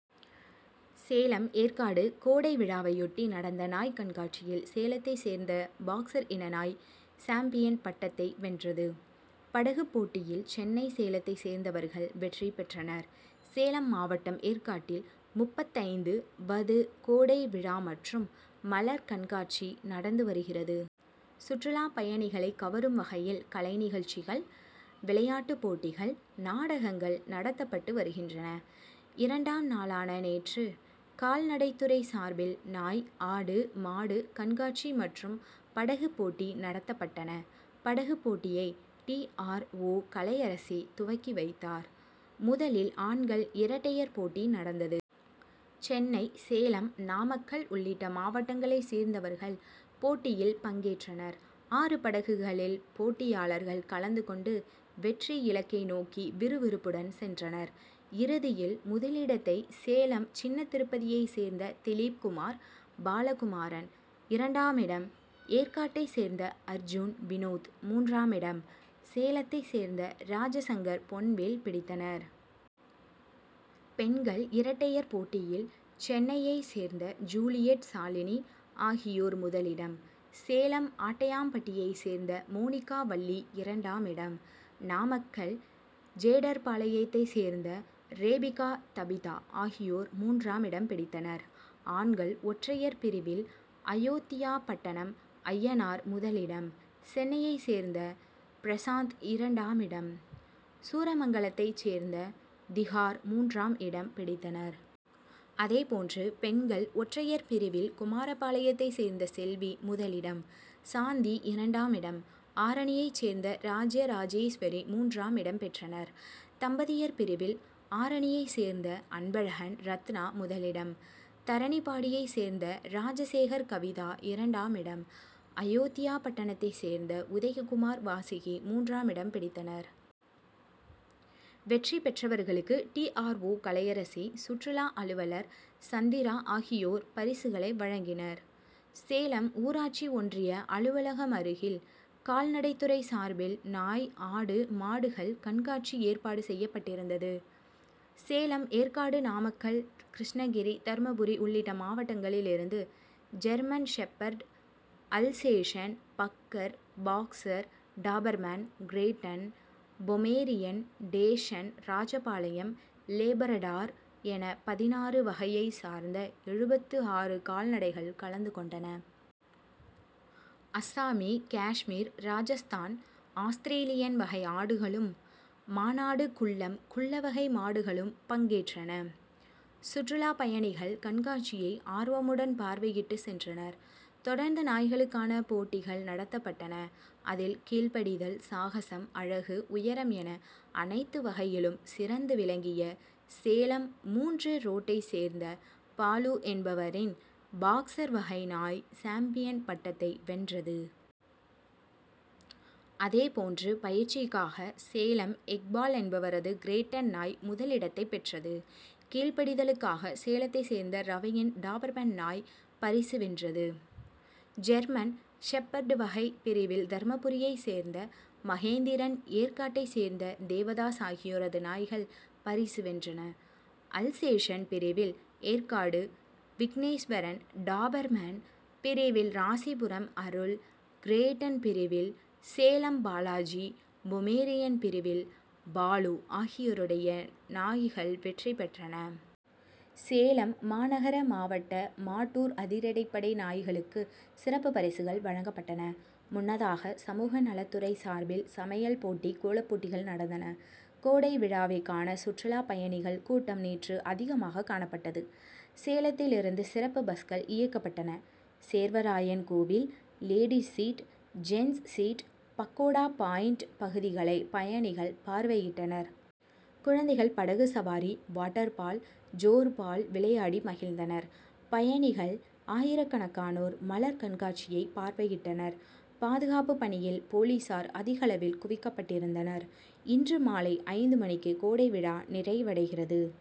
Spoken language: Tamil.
சேலம் ஏற்காடு கோடை விழாவையொட்டி நடந்த நாய் கண்காட்சியில் சேலத்தைச் சேர்ந்த பாக்ஸர் இன நாய், சாம்பியன் பட்டத்தை வென்றது. படகுப் போட்டியில், சென்னை, சேலத்தைச் சேர்ந்தவர்கள் வெற்றி பெற்றனர். சேலம் மாவட்டம் ஏற்காட்டில் முப்பத்தைந்து வது கோடைவிழா மற்றும் மலர் கண்காட்சி நடந்து வருகிறது. சுற்றுலா பயணிகளை கவரும் வகையில் கலைநிகழ்ச்சிகள், விளையாட்டுப் போட்டிகள், நாடகங்கள் நடத்தப்பட்டு வருகின்றன. இரண்டாம் நாளான நேற்று கால்நடைத்துறை சார்பில் நாய், ஆடு, மாடு கண்காட்சி மற்றும் படகுப் போட்டி நடத்தப்பட்டன. படகுப் போட்டியை, டி. ஆர். ஓ., கலையரசி துவக்கி வைத்தார். முதலில் ஆண்கள் இரட்டையர் போட்டி நடந்தது. சென்னை, சேலம், நாமக்கல் உள்ளிட்ட மாவட்டங்களைச் சேர்ந்தவர்கள் போட்டியில் பங்கேற்றனர். ஆறு படகுகளில் போட்டியாளர்கள் கலந்து கொண்டு வெற்றி இலக்கை நோக்கி விறுவிறுப்புடன் சென்றனர். இறுதியில், முதலிடத்தை சேலம் சின்னதிருப்பதியைச் சேர்ந்த திலீப்குமார், பாலகுமாரன், இரண்டாமிடம் ஏற்காட்டைச் சேர்ந்த அர்ஜூன், வினோத், மூன்றாமிடம் சேலத்தைச் சேர்ந்த ராஜாசங்கர், பொன்வேல் பிடித்தனர். பெண்கள் இரட்டையர் போட்டியில், சென்னையைச் சேர்ந்த ஜூலியட், ஷாலினி ஆகியோர் முதலிடம், சேலம் ஆட்டையாம்பட்டியைச் சேர்ந்த மோனிகா, வள்ளி இரண்டாமிடம், நாமக்கல் ஜேடர்பாளையத்தைச் சேர்ந்த ரேபிகா, தபிதா ஆகியோர் மூன்றாமிடம் பிடித்தனர். ஆண்கள் ஒற்றையர் பிரிவில், அயோத்தியாபட்டணம் அய்யனார் முதலிடம், சென்னையைச் சேர்ந்த பிரசாந்த் இரண்டாமிடம், சூரமங்கலத்தைச் சேர்ந்த திஹார் மூன்றாமிடம் பிடித்தனர். அதேபோன்று, பெண்கள் ஒற்றையர் பிரிவில், குமாரபாளையத்தைச் சேர்ந்த செல்வி முதலிடம், சாந்தி இரண்டாமிடம், ஆரணியைச் சேர்ந்த ராஜராஜேஸ்வரி மூன்றாமிடம் பெற்றனர். தம்பதியர் பிரிவில், ஆரணியைச் சேர்ந்த அன்பழகன், ரத்னா முதலிடம், தரணிபாடியைச் சேர்ந்த ராஜசேகர், கவிதா இரண்டாமிடம், அயோத்தியாபட்டணத்தைச் சேர்ந்த உதயகுமார், வாசுகி மூன்றாமிடம் பிடித்தனர். வெற்றி பெற்றவர்களுக்கு டி. ஆர். ஓ., கலையரசி, சுற்றுலா அலுவலர் சந்திரா ஆகியோர் பரிசுகளை வழங்கினர். சேலம் ஊராட்சி ஒன்றிய அலுவலகம் அருகில், கால்நடைத்துறை சார்பில் நாய், ஆடு, மாடுகள் கண்காட்சி ஏற்பாடு செய்யப்பட்டிருந்தது. சேலம், ஏற்காடு, நாமக்கல், கிருஷ்ணகிரி, தர்மபுரி உள்ளிட்ட மாவட்டங்களில் இருந்து ஜெர்மன்ஷெப்பர்டு, அல்சேஷன், பக்கர், boxer, Doberman, Great Dane, Pomeranian, dachshund, Rajapalayam, Labrador என பதினாறு வகையை சார்ந்த எழுபத்து ஆறு கால்நடைகள் கலந்து கொண்டன. அஸ்ஸாமி, காஷ்மீர், ராஜஸ்தான், ஆஸ்திரேலியன் வகை ஆடுகளும், மானாடுகுள்ளம் குள்ளவகை மாடுகளும் பங்கேற்றன. சுற்றுலா பயணிகள் கண்காட்சியை ஆர்வமுடன் பார்வையிட்டு சென்றனர். தொடர்ந்து நாய்களுக்கான போட்டிகள் நடத்தப்பட்டன. அதில், கீழ்படிதல், சாகசம், அழகு, உயரம் என அனைத்து வகையிலும் சிறந்து விளங்கிய சேலம் மூன்று ரோட்டைச் சேர்ந்த பாலு என்பவரின் பாக்ஸர் வகை நாய் சாம்பியன் பட்டத்தை வென்றது. அதே போன்று, பயிற்சிக்காக சேலம் இக்பால் என்பவரது கிரேட்டன் நாய் முதலிடத்தை பெற்றது. கீழ்படிதலுக்காக சேலத்தைச் சேர்ந்த ரவியின் டாபர்மேன் நாய் பரிசு வென்றது. ஜெர்மன் ஷெப்பர்டு வகை பிரிவில் தர்மபுரியைச் சேர்ந்த மகேந்திரன், ஏற்காட்டைச் சேர்ந்த தேவதாஸ் ஆகியோரது நாய்கள் பரிசு வென்றன. அல்சேஷன் பிரிவில் ஏற்காடு விக்னேஸ்வரன், டாபர்மேன் பிரிவில் ராசிபுரம் அருள், கிரேட்டன் பிரிவில் சேலம் பாலாஜி, பொமேரியன் பிரிவில் பாலு ஆகியோருடைய நாய்கள் வெற்றி பெற்றன. சேலம் மாநகர, மாவட்ட, மேட்டூர் அதிரடிப்படை நாய்களுக்கு சிறப்பு பரிசுகள் வழங்கப்பட்டன. முன்னதாக, சமூக நலத்துறை சார்பில் சமையல் போட்டி, கோலப்போட்டிகள் நடந்தன. கோடை விழாவை காண சுற்றுலா பயணிகள் கூட்டம் நேற்று அதிகமாக காணப்பட்டது. சேலத்தில் இருந்து சிறப்பு பஸ்கள் இயக்கப்பட்டன. சேர்வராயன் கோவில், ladies seat, gents seat, pakoda point பகுதிகளை பயணிகள் பார்வையிட்டனர். குழந்தைகள் படகு சவாரி, வாட்டர் பால், ஜோர் பால் விளையாடி மகிழ்ந்தனர். பயணிகள் ஆயிரக்கணக்கானோர் மலர் கண்காட்சியை பார்வையிட்டனர். பாதுகாப்பு பணியில் போலீஸார் அதிகளவில் குவிக்கப்பட்டிருந்தனர். இன்று மாலை ஐந்து மணிக்கு கோடைவிழா நிறைவடைகிறது.